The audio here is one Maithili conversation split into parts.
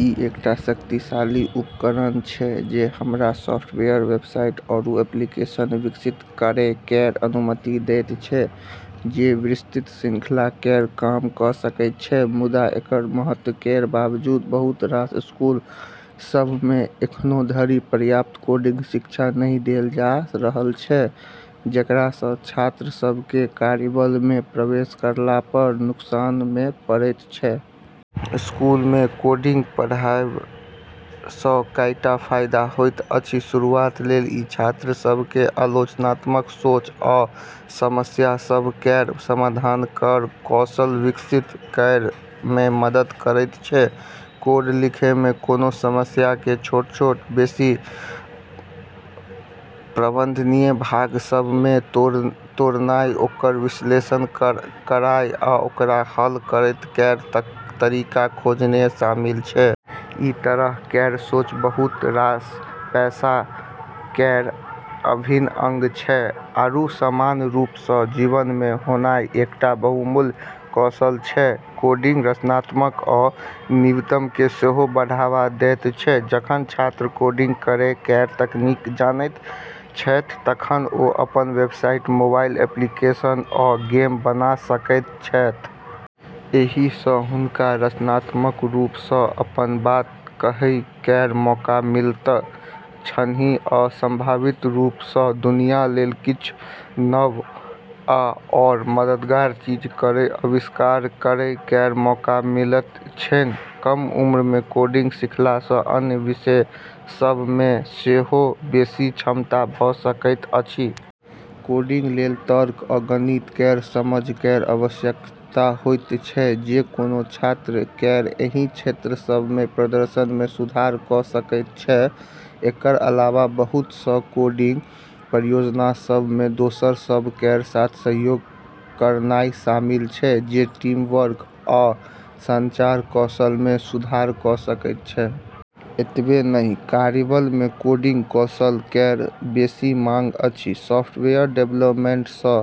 ई एकटा शक्तिशाली उपकरण छै जे हमरा सॉफ्टवेयर, वेबसाइट, आरू एप्लीकेशन विकसित करै केर अनुमति दैत छै जे विस्तृत श्रृंखला केर काम कऽ सकैत छै। मुदा एकर महत्व केर बावजूद बहुत रास स्कूल सभ मे अखनो धरि पर्याप्त कोडिंग शिक्षा नहि देल जा रहल छै, जेकरा सँ छात्र सभ केँ कार्यबल मे प्रवेश करला पर नुकसान मे पड़ैत छै। स्कूल मे कोडिंग पढ़ाबै सँ कईटा फायदा होइत अछि। शुरुआत लेल ई छात्र सभ केँ आलोचनात्मक सोच आ समस्या सभ केर समाधान केर कौशल विकसित करै मे मदद करैत छै। कोड लिखै मे कोनो समस्या केँ छोट-छोट, बेसी प्रबंधनीय भाग सभ मे तोड़नाय, ओकर विश्लेषण करनाय आ ओकरा हल करै केर तरीका खोजनाय शामिल छै। ई तरह केर सोच बहुत रास पेशा केर अभिन्न अंग छै आरू सामान्य रूप सँ जीवन मे होनाय एकटा बहुमूल्य कौशल छै। कोडिंग रचनात्मकता आ नवीनता केँ सेहो बढ़ावा दैत छै। जखन छात्र कोडिंग करै केर तरीका जानैत छैथ तखन ओ अपन वेबसाइट, मोबाइल एप्लीकेशन, आ गेम बना सकैत छैथ। एहि सँ हुनका रचनात्मक रूप सँ अपन बात कहै केर मौका मिलैत छन्हि आ संभावित रूप सँ दुनिया लेल किछ नव आओर मददगार चीज केर आविष्कार करै केर मौका मिलैत छन्हि। कम उम्र मे कोडिंग सीखला सँ अन्य विषय सभ मे सेहो बेसी दक्षता भऽ सकैत अछि। कोडिंग लेल तर्क आ गणित केर समझ केर आवश्यकता होइत छै, जे कोनो छात्र केर एहि क्षेत्र सभ मे प्रदर्शन मे सुधार कऽ सकैत छै। एकर अलावा, बहुत सँ कोडिंग परियोजना सभ मे दोसर सभ केर साथ सहयोग करनाय शामिल छै, जे टीमवर्क आ संचार कौशल मे सुधार कऽ सकैत छै। एतबे नहि, कार्यबल मे कोडिंग कौशल केर बेसी माँग अछि। सॉफ्टवेयर डेवलपमेंट सँ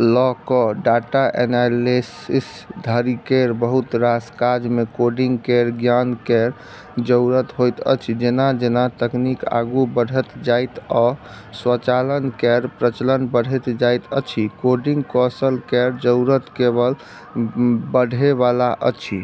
लऽ कऽ डाटा एनालिसिस धरि केर बहुत रास काज मे कोडिंग केर ज्ञान केर जरूरत होइत अछि। जेना-जेना तकनीक आगू बढ़ैत जायत आ स्वचालन केर प्रचलन बढ़ैत जायत अछि, कोडिंग कौशल केर जरूरत केवल बढ़ै वाला अछि।